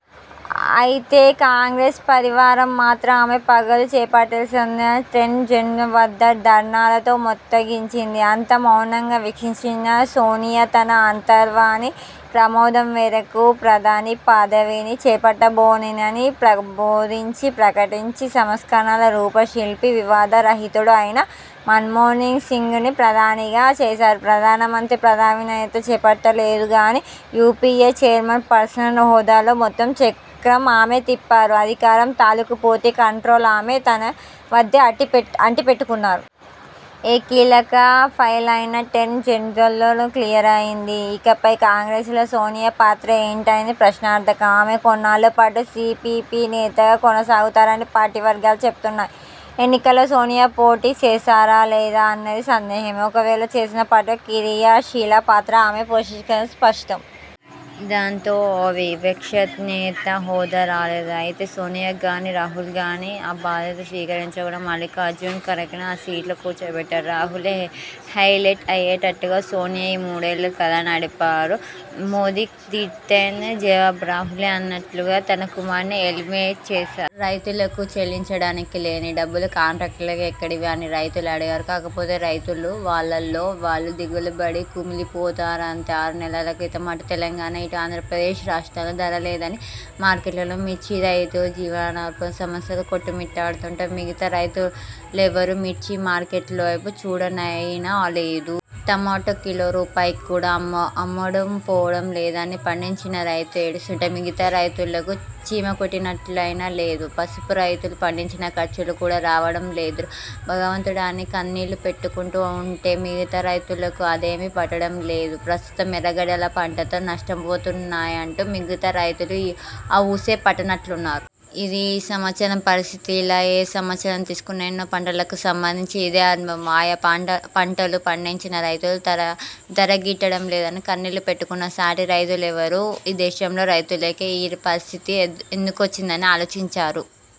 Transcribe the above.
అయితే కాంగ్రెస్ పరివారం మాత్రం ఆమె పగ్గాలు చేపట్టాల్సిందేనని టెన్ జన్పథ్ వద్ద ధర్నాలతో మోతెక్కించింది. అంతా మౌనంగా వీక్షించిన సోనియా- తన అంతర్వాణి ప్రబోధం మేరకు- ప్రధాని పదవిని చేపట్టబోనని ప్రకటించి -సంస్కరణల రూపశిల్పి, వివాద రహితుడు అయిన మన్మోహన్సింగ్ను ప్రధానిగా చేశారు. ప్రధానమంత్రి పదవినైతే చేపట్టలేదు గానీ- యూపీఏ ఛైర్ పర్సన్ హోదాలో మొత్తం చక్రం ఆమే తిప్పారు అధికారం తాలూకు పూర్తి కంట్రోలు ఆమె తన వద్దే అట్టిపెట్టుకున్నారు. ఏ కీలక ఫైలైనా టెన్ జన్పథ్లోనే క్లియరయ్యేది. ఇకపై కాంగ్రె్సలో సోనియా పాత్ర ఏంటన్నది ప్రశ్నార్థకం. ఆమె కొన్నాళ్ళ పాటు సీపీపీ నేతగా కొనసాగుతారని పార్టీ వర్గాలు చెబుతున్నాయి. ఎన్నికల్లో సోనియా పోటీ చేస్తారా లేదా అన్నది సందేహమే. ఒకవేళ చేసినా పార్టీలో క్రియాశీల పాత్ర ఆమె పోషించరనేది సుస్పష్టం. దాంతో ఆ విపక్షనేత హోదా రాలేదు. అయితే సోనియా గానీ, రాహుల్గానీ ఆ బాధ్యత స్వీకరించకుండా మల్లిఖార్జున ఖర్గేను ఆ సీట్లో కూర్చోపెట్టారు. రాహులే హైలైట్ అయ్యేట్లుగా సోనియా- ఈ మూడేళ్ళూ కథ నడిపారు. మోదీకి దీటైన జవాబు రాహులే అనేట్లుగా తన కుమారుణ్ణి ఎలివేట్ చేశారు. రైతులకు చెల్లించడానికి లేని డబ్బులు కాంట్రాక్టర్లకు ఎక్కడివి అని రైతులు అడగరు. కాకపోతే రైతులు వాళ్ళలో వాళ్ళు దిగులుపడి కుమిలిపోతారంతే. ఆరు నెలల క్రితం అటు తెలంగాణ ఇటు ఆంధ్ర ప్రదేశ్ రాష్ట్రాల్లో ధర లేదని మార్కెట్లలోనే మిర్చి రైతులు జీవన్మరణ సమస్యతో కొట్టుమిట్టాడుతుంటే, మిగతా రైతులెవరూ మిర్చి మార్కెట్ల వైపు చూడనయినా లేదు. టమాటో కిలో రూపాయికి కూడా అమ్ముడుపోవడం లేదని పండించిన రైతు ఏడుస్తుంటే మిగతా రైతులకు చీమకుట్టినట్లయినా లేదు. పసుపురైతులు పండించిన ఖర్చులు కూడా రావడం లేదురా భగవంతుడా అని కన్నీళ్లు పెట్టుకుంటూ ఉంటే మిగతా రైతులకు అదేమీ పట్టడం లేదు. ప్రస్తుతం ఎర్రగడ్డల పంటతో నష్టపోతున్నామంటే మిగతా రైతులు ఆ ఊసే పట్టనట్లున్నారు. ఇది ఈ సంవత్సరం పరిస్థితి. ఇలా ఏ సంవత్సరం తీసుకున్నా, ఎన్నో పంటలకు సంబందించి ఇదే అనుభవం. ఆయా పంటలు పండించిన రైతులు ధర గిట్టడం లేదని కన్నీళ్లు పెట్టుకున్నా, సాటి రైతులెవరూ ఈ దేశంలో రైతులకే ఈ పరిస్థితి ఎందుకొచ్చిందని ఆలోచించరు.